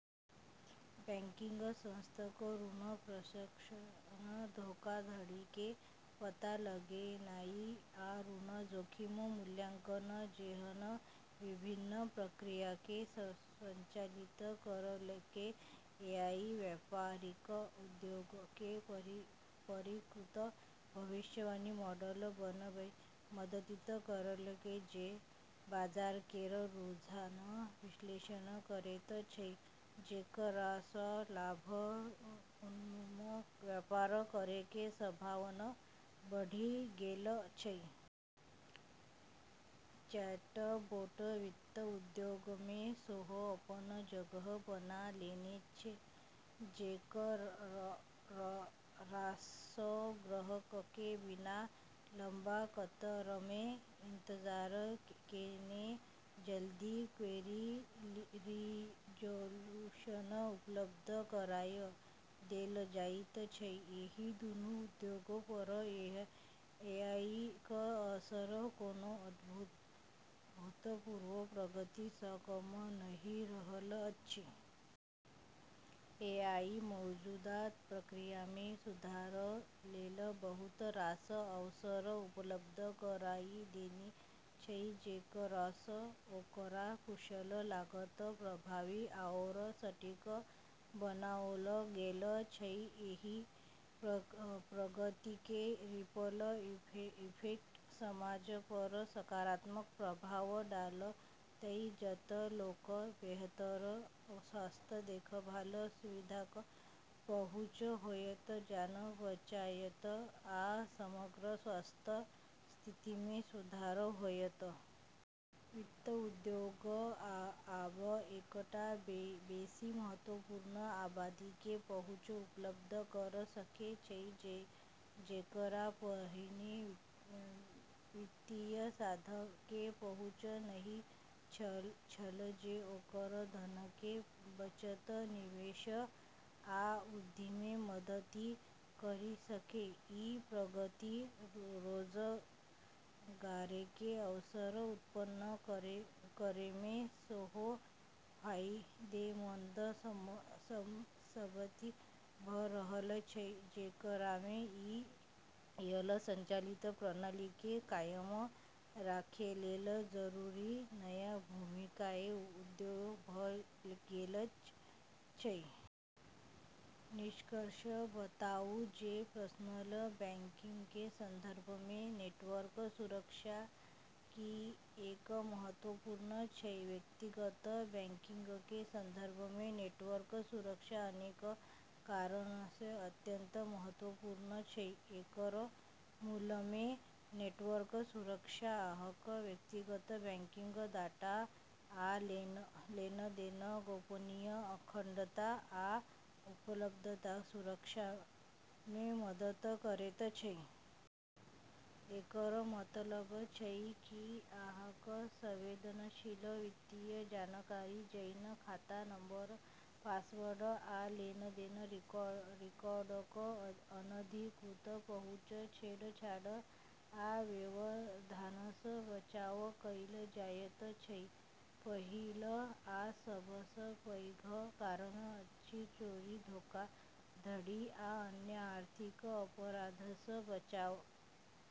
Banking संस्थाक ऋण प्रसंस्करण, धोखाधड़ीकेँ पता लगेनाइ, आ ऋण जोखिम मूल्यांकन जेहन विभिन्न प्रक्रियाके स्वचालित करलकै । एआई व्यापारिक उद्योगकेँ परिष्कृत भविष्यवाणी मॉडल बनबैमे मदति करलकै जे बाजार केर रुझानक विश्लेषण करैत छै, जेकरासँ लाभ-उन्मुख व्यापार करैके संभावना बढ़ि गेल छै। चैटबोट वित्त उद्योगमे सेहो अपन जगह बना लेने छै, जेकरासँ ग्राहकके बिना लम्बा कतारमे इंतजार केने जल्दी क्वेरी रिजोल्यूशन उपलब्ध कराय देलऽ जाइत छै। एहि दूनू उद्योग पर एआई क' असर कोनो अभूतपूर्व प्रगति सँ कम नहि रहल अछि। एआई मौजूदा प्रक्रियामे सुधार लेल बहुत रास अवसर उपलब्ध कराइ देने छै, जेकरासँ ओकरा कुशल, लागत प्रभावी आओर सटीक बनाओल गेल छै। एहि प्रगतिके रिपल इफेक्ट समाज पर सकारात्मक प्रभाव डालतै, जत' लोकऽ बेहतर स्वास्थ्य देखभाल सुविधाक पहुंच होयत, जान बचायत, आ समग्र स्वास्थ्य स्थितिमे सुधार होयत । वित्त उद्योग आब एकटा बेसी महत्वपूर्ण आबादीके पहुँच उपलब्ध करा सकै छै जेकरा पहिने वित्तीय साधनके पहुंच नहि छल जे ओकर धनके बचत, निवेश आ वृद्धिमे मदति करि सकै । ई प्रगति रोजगारके अवसर उत्पन्न करैमे सेहो फाइदेमन्द साबित भ' रहल छै, जेकरामे ई एआई संचालित प्रणालीके कायम राखै लेल जरूरी नया भूमिकाके उदय भ' गेल छै। निष्कर्षतः, बताउ जे पर्सनल बैंकिंगकेँ संदर्भमे नेटवर्क सुरक्षा किएक महत्वपूर्ण छै व्यक्तिगत बैंकिंगकेँ संदर्भमे नेटवर्क सुरक्षा अनेक कारणसँ अत्यंत महत्वपूर्ण छै । एकर मूलमे, नेटवर्क सुरक्षा अहाँक व्यक्तिगत बैंकिंग डाटा आ लेनदेनके गोपनीयता, अखंडता आ उपलब्धताके सुरक्षामे मदद करैत छै । एकर मतलब छै कि अहाँक संवेदनशील वित्तीय जानकारी, जेना खाता नंबर, पासवर्ड, आ लेनदेन रिकॉर्डक अनधिकृत पहुंच, छेड़छाड़ आ व्यवधानसँ बचाव कैल जायत छै । पहिल आ सबसँ पैघ कारण अछि चोरी, धोखाधड़ी आ अन्य आर्थिक अपराधसँ बचाव।